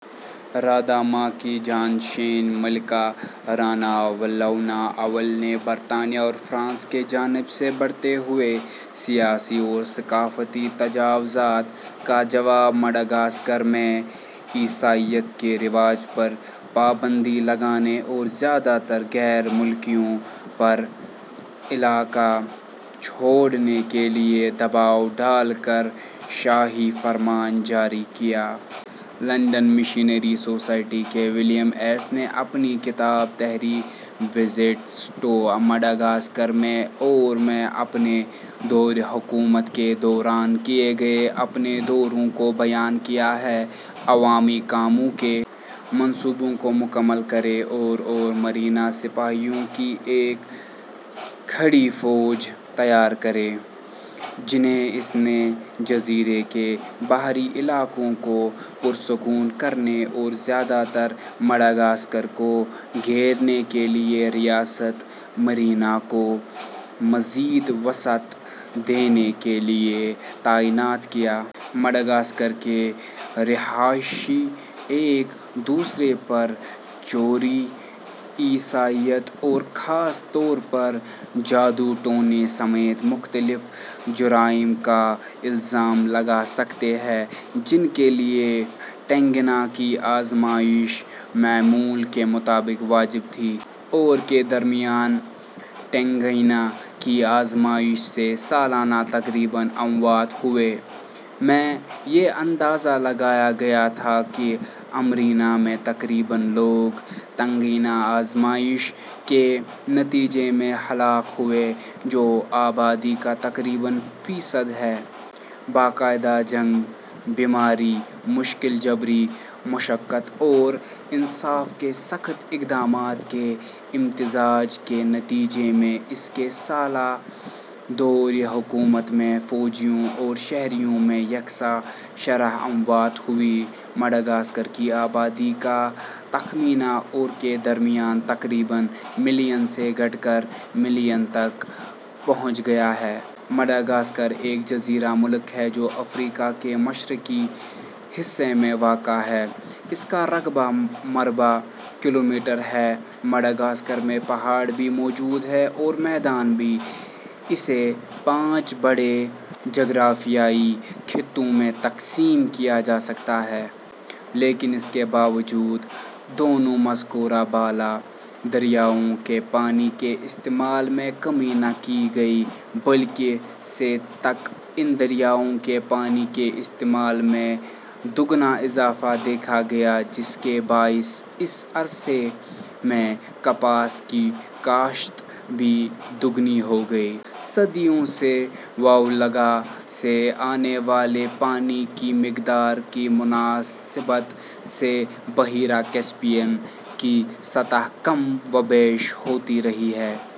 Radama کی جانشین، ملکہ راناوالونا اول نے برطانیہ اور فرانس کی جانب سے بڑھتے ہوئے سیاسی اور ثقافتی تجاوزات کا جواب مڈغاسکر میں عیسائیت کے رواج پر پابندی لگانے اور زیادہ تر غیر ملکیوں پر علاقہ چھوڑنے کے لیے دباؤ ڈال کر شاہی فرمان جاری کیا۔ لندن مشنری سوسائٹی کے ولیم ایلس نے اپنی کتاب تھری وزٹس ٹو مڈغاسکر میں ، اور میں اپنے دور حکومت کے دوران کیے گئے اپنے دوروں کو بیان کیا ہے۔ عوامی کاموں کے منصوبوں کو مکمل کریں اور اور مرینا سپاہیوں کی ایک کھڑی فوج تیار کریں، جنھیں اس نے جزیرے کے باہری علاقوں کو پرسکون کرنے اور زیادہ تر مڈغاسکر کو گھیرنے کے لیے ریاست مرینا کو مزید وسعت دینے کے لیے تعینات کیا۔ مڈغاسکر کے رہائشی ایک دوسرے پر چوری، عیسائیت اور خاص طور پر جادو ٹونے سمیت مختلف جرائم کا الزام لگا سکتے ہیں، جن کے لیے ٹینگینا کی آزمائش معمول کے مطابق واجب تھی۔ اور کے درمیان، ٹینگینا کی آزمائش سے سالانہ تقریباً اموات ہوئیں۔ میں، یہ اندازہ لگایا گیا تھا کہ امیرینا میں تقریباً لوگ تنگینا آزمائش کے نتیجے میں ہلاک ہوئے، جو آبادی کا تقریباً فیصد ہے۔ باقاعدہ جنگ، بیماری، مشکل جبری مشقت اور انصاف کے سخت اقدامات کے امتزاج کے نتیجے میں اس کے سالہ دور حکومت میں فوجیوں اور شہریوں میں یکساں شرح اموات ہوئی۔ مڈغاسکر کی آبادی کا تخمینہ اور کے درمیان تقریباً ملین سے گھٹ کر ملین تک پہنچ گیا ہے۔ ماڈاگاسکار ایک جزیرہ ملک ہے، جو افریقا کے مشرقی حصہ میں واقع ہےـ اس کا رقبہ ، مربع کلومیٹر ہےـ ماڈاگاسکار میں پہاڑ بھی موجود ہیں اور میدان بھی، اسے پانچ بڑے جغرافیائی خطوں میں تقسیم کیا جا سکتا ہے:۔ لیکن اس کے باوجود دونوں مذکورہ بالا دریاؤں کے پانی کے استعمال میں کمی نہ کی گئی بلکہ ء سے ء تک ان دریاؤں کے پانی کے استعمال میں دگنا اضافہ دیکھا گیا جس کے باعث اس عرصے میں کپاس کی کاشت بھی دوگنی ہو گئی۔ صدیوں سے وولگا سے آنے والے پانی کی مقدار کی مناسبت سے بحیرہ کیسپیئن کی سطح کم و بیش ہوتی رہی ہے۔